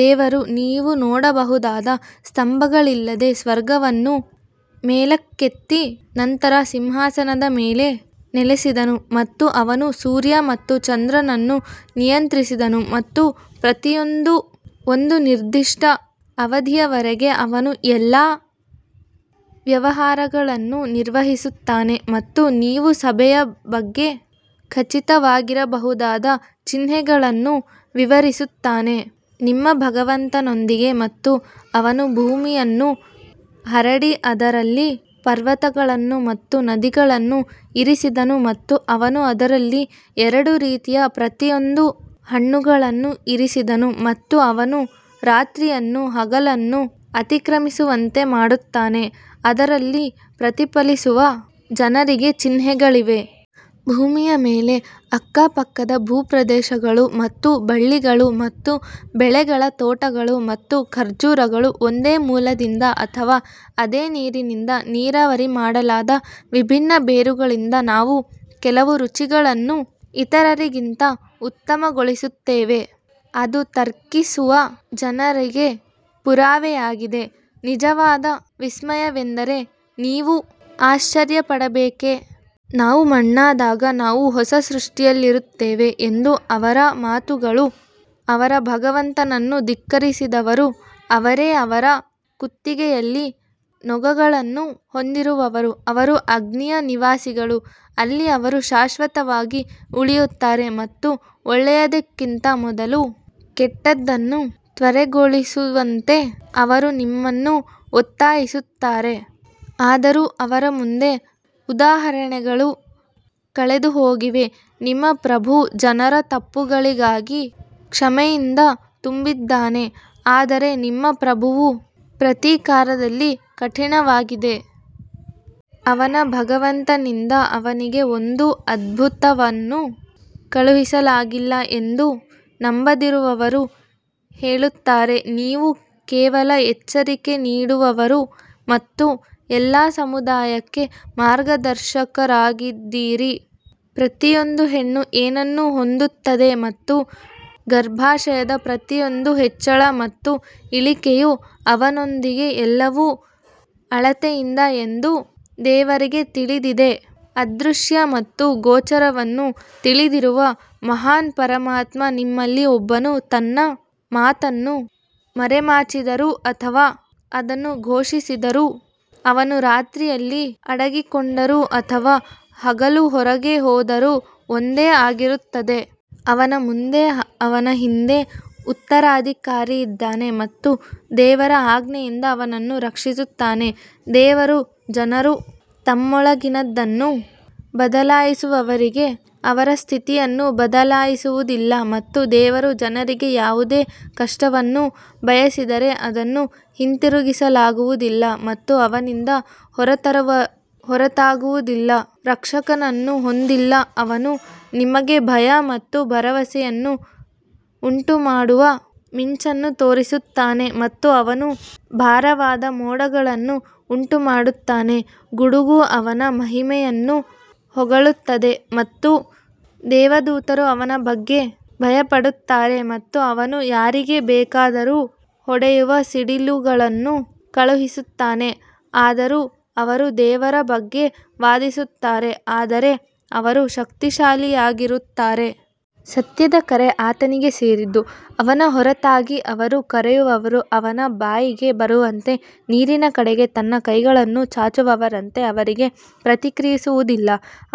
ದೇವರು ನೀವು ನೋಡಬಹುದಾದ ಸ್ತಂಭಗಳಿಲ್ಲದೆ ಸ್ವರ್ಗವನ್ನು ಮೇಲಕ್ಕೆತ್ತಿ ನಂತರ ಸಿಂಹಾಸನದ ಮೇಲೆ ನೆಲೆಸಿದನು ಮತ್ತು ಅವನು ಸೂರ್ಯ ಮತ್ತು ಚಂದ್ರನನ್ನು ನಿಯಂತ್ರಿಸಿದನು ಮತ್ತು ಪ್ರತಿಯೊಂದೂ ಒಂದು ನಿರ್ದಿಷ್ಟ ಅವಧಿಯವರೆಗೆ ಅವನು ಎಲ್ಲಾ ವ್ಯವಹಾರಗಳನ್ನು ನಿರ್ವಹಿಸುತ್ತಾನೆ ಮತ್ತು ನೀವು ಸಭೆಯ ಬಗ್ಗೆ ಖಚಿತವಾಗಿರಬಹುದಾದ ಚಿಹ್ನೆಗಳನ್ನು ವಿವರಿಸುತ್ತಾನೆ. ನಿಮ್ಮ ಭಗವಂತನೊಂದಿಗೆ ಮತ್ತು ಅವನು ಭೂಮಿಯನ್ನು ಹರಡಿ ಅದರಲ್ಲಿ ಪರ್ವತಗಳನ್ನು ಮತ್ತು ನದಿಗಳನ್ನು ಇರಿಸಿದನು ಮತ್ತು ಅವನು ಅದರಲ್ಲಿ ಎರಡು ರೀತಿಯ ಪ್ರತಿಯೊಂದು ಹಣ್ಣುಗಳನ್ನು ಇರಿಸಿದನು ಮತ್ತು ಅವನು ರಾತ್ರಿಯನ್ನು ಹಗಲನ್ನು ಅತಿಕ್ರಮಿಸುವಂತೆ ಮಾಡುತ್ತಾನೆ, ಅದರಲ್ಲಿ ಪ್ರತಿಫಲಿಸುವ ಜನರಿಗೆ ಚಿಹ್ನೆಗಳಿವೆ. ಭೂಮಿಯ ಮೇಲೆ ಅಕ್ಕಪಕ್ಕದ ಭೂಪ್ರದೇಶಗಳು ಮತ್ತು ಬಳ್ಳಿಗಳು ಮತ್ತು ಬೆಳೆಗಳ ತೋಟಗಳು ಮತ್ತು ಖರ್ಜೂರಗಳು ಒಂದೇ ಮೂಲದಿಂದ ಅಥವಾ ಅದೇ ನೀರಿನಿಂದ ನೀರಾವರಿ ಮಾಡಲಾದ ವಿಭಿನ್ನ ಬೇರುಗಳಿಂದ ನಾವು ಕೆಲವು ರುಚಿಯನ್ನು ಇತರರಿಗಿಂತ ಉತ್ತಮಗೊಳಿಸುತ್ತೇವೆ, ಅದು ತರ್ಕಿಸುವ ಜನರಿಗೆ ಪುರಾವೆಯಾಗಿದೆ. ನಿಜವಾದ ವಿಸ್ಮಯವೆಂದರೆ ನೀವು ಆಶ್ಚರ್ಯಪಡಬೇಕೇ, ನಾವು ಮಣ್ಣಾದಾಗ ನಾವು ಹೊಸ ಸೃಷ್ಟಿಯಲ್ಲಿರುತ್ತೇವೆ ಎಂಬ ಅವರ ಮಾತುಗಳು ಅವರ ಭಗವಂತನನ್ನು ಧಿಕ್ಕರಿಸಿದವರು ಅವರೇ ಅವರ ಕುತ್ತಿಗೆಯಲ್ಲಿ ನೊಗಗಳನ್ನು ಹೊಂದಿರುವವರು ಅವರು ಅಗ್ನಿಯ ನಿವಾಸಿಗಳು ಅಲ್ಲಿ ಅವರು ಶಾಶ್ವತವಾಗಿ ಉಳಿಯುತ್ತಾರೆ ಮತ್ತು ಒಳ್ಳೆಯದಕ್ಕಿಂತ ಮೊದಲು ಕೆಟ್ಟದ್ದನ್ನು ತ್ವರೆಗೊಳಿಸುವಂತೆ ಅವರು ನಿಮ್ಮನ್ನು ಒತ್ತಾಯಿಸುತ್ತಾರೆ, ಆದರೂ ಅವರ ಮುಂದೆ ಉದಾಹರಣೆಗಳು ಕಳೆದುಹೋಗಿವೆ, ನಿಮ್ಮ ಪ್ರಭು ಜನರ ತಪ್ಪುಗಳಿಗಾಗಿ ಕ್ಷಮೆಯಿಂದ ತುಂಬಿದ್ದಾನೆ ಆದರೆ ನಿಮ್ಮ ಪ್ರಭುವು ಪ್ರತೀಕಾರದಲ್ಲಿ ಕಠಿಣವಾಗಿದೆ. ಅವನ ಭಗವಂತನಿಂದ ಅವನಿಗೆ ಒಂದು ಅದ್ಭುತವನ್ನು ಏಕೆ ಕಳುಹಿಸಲಾಗಿಲ್ಲ ಎಂದು ನಂಬದಿರುವವರು ಹೇಳುತ್ತಾರೆ, ನೀವು ಕೇವಲ ಎಚ್ಚರಿಕೆ ನೀಡುವವರು ಮತ್ತು ಎಲ್ಲಾ ಸಮುದಾಯಕ್ಕೆ ಮಾರ್ಗದರ್ಶಕರಾಗಿದ್ದೀರಿ. ಪ್ರತಿಯೊಂದು ಹೆಣ್ಣು ಏನನ್ನು ಹೊಂದುತ್ತದೆ ಮತ್ತು ಗರ್ಭಾಶಯದ ಪ್ರತಿಯೊಂದು ಹೆಚ್ಚಳ ಮತ್ತು ಇಳಿಕೆಯು ಅವನೊಂದಿಗೆ ಎಲ್ಲವೂ ಅಳತೆಯಿಂದ ಎಂದು ದೇವರಿಗೆ ತಿಳಿದಿದೆ ಅದೃಶ್ಯ ಮತ್ತು ಗೋಚರವನ್ನು ತಿಳಿದಿರುವ ಮಹಾನ್ ಪರಮಾತ್ಮ ನಿಮ್ಮಲ್ಲಿ ಒಬ್ಬನು ತನ್ನ ಮಾತನ್ನು ಮರೆಮಾಚಿದರೂ ಅಥವಾ ಅದನ್ನು ಘೋಷಿಸಿದರೂ ಅವನು ರಾತ್ರಿಯಲ್ಲಿ ಅಡಗಿಕೊಂಡರೂ ಅಥವಾ ಹಗಲು ಹೊರಗೆ ಹೋದರೂ ಒಂದೇ ಆಗಿರುತ್ತದೆ. ಅವನ ಮುಂದೆ ಅವನ ಹಿಂದೆ ಉತ್ತರಾಧಿಕಾರಿಯಿದ್ದಾನೆ ಮತ್ತು ದೇವರ ಆಜ್ಞೆಯಿಂದ ಅವನನ್ನು ರಕ್ಷಿಸುತ್ತಾನೆ ದೇವರು ಜನರು ತಮ್ಮೊಳಗಿನದನ್ನು ಬದಲಾಯಿಸುವವರೆಗೆ ಅವರ ಸ್ಥಿತಿಯನ್ನು ಬದಲಾಯಿಸುವುದಿಲ್ಲ ಮತ್ತು ದೇವರು ಜನರಿಗೆ ಯಾವುದೇ ಕಷ್ಟವನ್ನು ಬಯಸಿದರೆ ಅದನ್ನು ಹಿಂತಿರುಗಿಸಲಾಗುವುದಿಲ್ಲ ಮತ್ತು ಅವನಿಂದ ಹೊರತಾಗುವುದಿಲ್ಲ. ರಕ್ಷಕನನ್ನು ಹೊಂದಿಲ್ಲ ಅವನು ನಿಮಗೆ ಭಯ ಮತ್ತು ಭರವಸೆಯನ್ನು ಉಂಟುಮಾಡುವ ಮಿಂಚನ್ನು ತೋರಿಸುತ್ತಾನೆ ಮತ್ತು ಅವನು ಭಾರವಾದ ಮೋಡಗಳನ್ನು ಉಂಟುಮಾಡುತ್ತಾನೆ ಗುಡುಗು ಅವನ ಮಹಿಮೆಯನ್ನು ಹೊಗಳುತ್ತದೆ ಮತ್ತು ದೇವದೂತರು ಅವನ ಬಗ್ಗೆ ಭಯಪಡುತ್ತಾರೆ ಮತ್ತು ಅವನು ಯಾರಿಗೆ ಬೇಕಾದರೂ ಹೊಡೆಯುವ ಸಿಡಿಲುಗಳನ್ನು ಕಳುಹಿಸುತ್ತಾನೆ, ಆದರೂ ಅವರು ದೇವರ ಬಗ್ಗೆ ವಾದಿಸುತ್ತಾರೆ, ಆದರೆ ಅವರು ಶಕ್ತಿಶಾಲಿಯಾಗಿರುತ್ತಾರೆ. ಸತ್ಯದ ಕರೆ ಆತನಿಗೆ ಸೇರಿದ್ದು, ಅವನ ಹೊರತಾಗಿ ಅವರು ಕರೆಯುವವರು ಅವನ ಬಾಯಿಗೆ ಬರುವಂತೆ ನೀರಿನ ಕಡೆಗೆ ತನ್ನ ಕೈಗಳನ್ನು ಚಾಚುವವರಂತೆ ಅವರಿಗೆ ಪ್ರತಿಕ್ರಿಯಿಸುವುದಿಲ್ಲ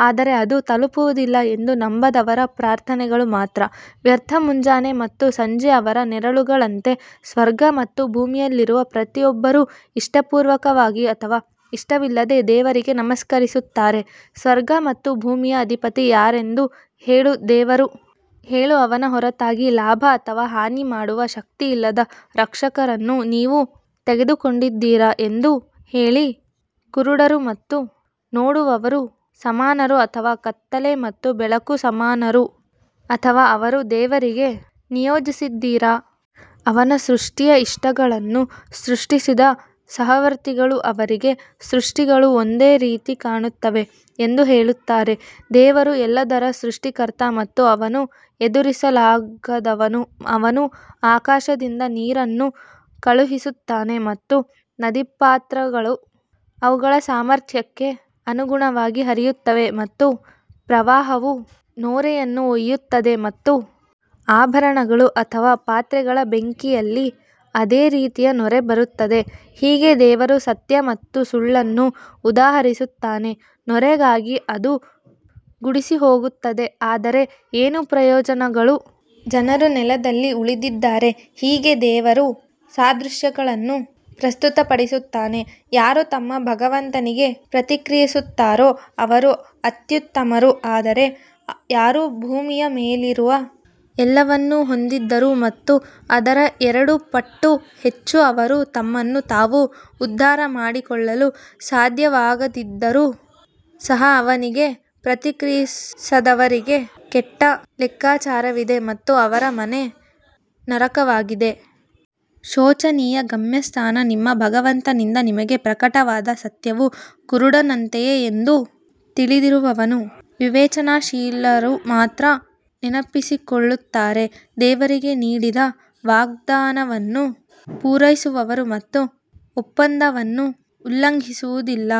ಆದರೆ ಅದು ತಲುಪುವುದಿಲ್ಲ ಎಂದು ನಂಬದವರ ಪ್ರಾರ್ಥನೆಗಳು ಮಾತ್ರ. ವ್ಯರ್ಥ ಮುಂಜಾನೆ ಮತ್ತು ಸಂಜೆ ಅವರ ನೆರಳುಗಳಂತೆ ಸ್ವರ್ಗ ಮತ್ತು ಭೂಮಿಯಲ್ಲಿರುವ ಪ್ರತಿಯೊಬ್ಬರೂ ಇಷ್ಟಪೂರ್ವಕವಾಗಿ ಅಥವಾ ಇಷ್ಟವಿಲ್ಲದೆ ದೇವರಿಗೆ ನಮಸ್ಕರಿಸುತ್ತಾರೆ ಸ್ವರ್ಗ ಮತ್ತು ಭೂಮಿಯ ಅಧಿಪತಿ ಯಾರೆಂದು ಹೇಳು ದೇವರು ಹೇಳು ಅವನ ಹೊರತಾಗಿ ಲಾಭ ಅಥವಾ ಹಾನಿ ಮಾಡುವ ಶಕ್ತಿಯಿಲ್ಲದ ರಕ್ಷಕರನ್ನು ನೀವು ತೆಗೆದುಕೊಂಡಿದ್ದೀರಾ ಎಂದು ಹೇಳಿ ಕುರುಡರು ಮತ್ತು ನೋಡುವವರು ಸಮಾನರು ಅಥವಾ ಕತ್ತಲೆ ಮತ್ತು ಬೆಳಕು ಸಮಾನರು ಅಥವಾ ಅವರು ದೇವರಿಗೆ ನಿಯೋಜಿಸಿದ್ದೀರಾ? ಅವನ ಸೃಷ್ಟಿಯ ಇಷ್ಟಗಳನ್ನು ಸೃಷ್ಟಿಸಿದ ಸಹವರ್ತಿಗಳು ಅವರಿಗೆ ಸೃಷ್ಟಿಗಳು ಒಂದೇ ರೀತಿ ಕಾಣುತ್ತವೆ ಎಂದು ಹೇಳುತ್ತಾರೆ ದೇವರು ಎಲ್ಲದರ ಸೃಷ್ಟಿಕರ್ತ ಮತ್ತು ಅವನು ಎದುರಿಸಲಾಗದವನು ಅವನು ಆಕಾಶದಿಂದ ನೀರನ್ನು ಕಳುಹಿಸುತ್ತಾನೆ ಮತ್ತು ನದಿಪಾತ್ರಗಳು ಅವುಗಳ ಸಾಮರ್ಥ್ಯಕ್ಕೆ ಅನುಗುಣವಾಗಿ ಹರಿಯುತ್ತವೆ ಮತ್ತು ಪ್ರವಾಹವು ನೊರೆಯನ್ನು ಒಯ್ಯುತ್ತದೆ ಮತ್ತು ಆಭರಣಗಳು ಅಥವಾ ಪಾತ್ರೆಗಳ ಬೆಂಕಿಯಲ್ಲಿ ಅದೇ ರೀತಿಯ ನೊರೆ ಬರುತ್ತದೆ, ಹೀಗೆ ದೇವರು ಸತ್ಯ ಮತ್ತು ಸುಳ್ಳನ್ನು ಉದಾಹರಿಸುತ್ತಾನೆ ನೊರೆಗಾಗಿ ಅದು ಗುಡಿಸಿಹೋಗುತ್ತದೆ ಆದರೆ ಏನು ಪ್ರಯೋಜನಗಳು ಜನರು ನೆಲದಲ್ಲಿ ಉಳಿದಿದ್ದಾರೆ ಹೀಗೆ ದೇವರು ಸಾದೃಶ್ಯಗಳನ್ನು ಪ್ರಸ್ತುತಪಡಿಸುತ್ತಾನೆ ಯಾರು ತಮ್ಮ ಭಗವಂತನಿಗೆ ಪ್ರತಿಕ್ರಿಯಿಸುತ್ತಾರೋ ಅವರು ಅತ್ಯುತ್ತಮರು ಆದರೆ ಯಾರು ಭೂಮಿಯ ಮೇಲಿರುವ ಎಲ್ಲವನ್ನೂ ಹೊಂದಿದ್ದರೂ ಮತ್ತು ಅದರ ಎರಡು ಪಟ್ಟು ಹೆಚ್ಚು ಅವರು ತಮ್ಮನ್ನು ತಾವು ಉದ್ಧಾರ ಮಾಡಿಕೊಳ್ಳಲು ಸಾಧ್ಯವಾಗದಿದ್ದರೂ ಸಹ ಅವನಿಗೆ ಪ್ರತಿಕ್ರಿಯಿಸದವರಿಗೆ ಕೆಟ್ಟ ಲೆಕ್ಕಾಚಾರವಿದೆ ಮತ್ತು ಅವರ ಮನೆ ನರಕವಾಗಿದೆ. ಶೋಚನೀಯ ಗಮ್ಯಸ್ಥಾನ ನಿಮ್ಮ ಭಗವಂತನಿಂದ ನಿಮಗೆ ಪ್ರಕಟವಾದ ಸತ್ಯವು ಕುರುಡನಂತೆಯೇ ಎಂದು ತಿಳಿದಿರುವವನು ವಿವೇಚನಾಶೀಲರು ಮಾತ್ರ ನೆನಪಿಸಿಕೊಳ್ಳುತ್ತಾರೆ ದೇವರಿಗೆ ನೀಡಿದ ವಾಗ್ದಾನವನ್ನು ಪೂರೈಸುವವರು ಮತ್ತು ಒಪ್ಪಂದವನ್ನು ಉಲ್ಲಂಘಿಸುವುದಿಲ್ಲ.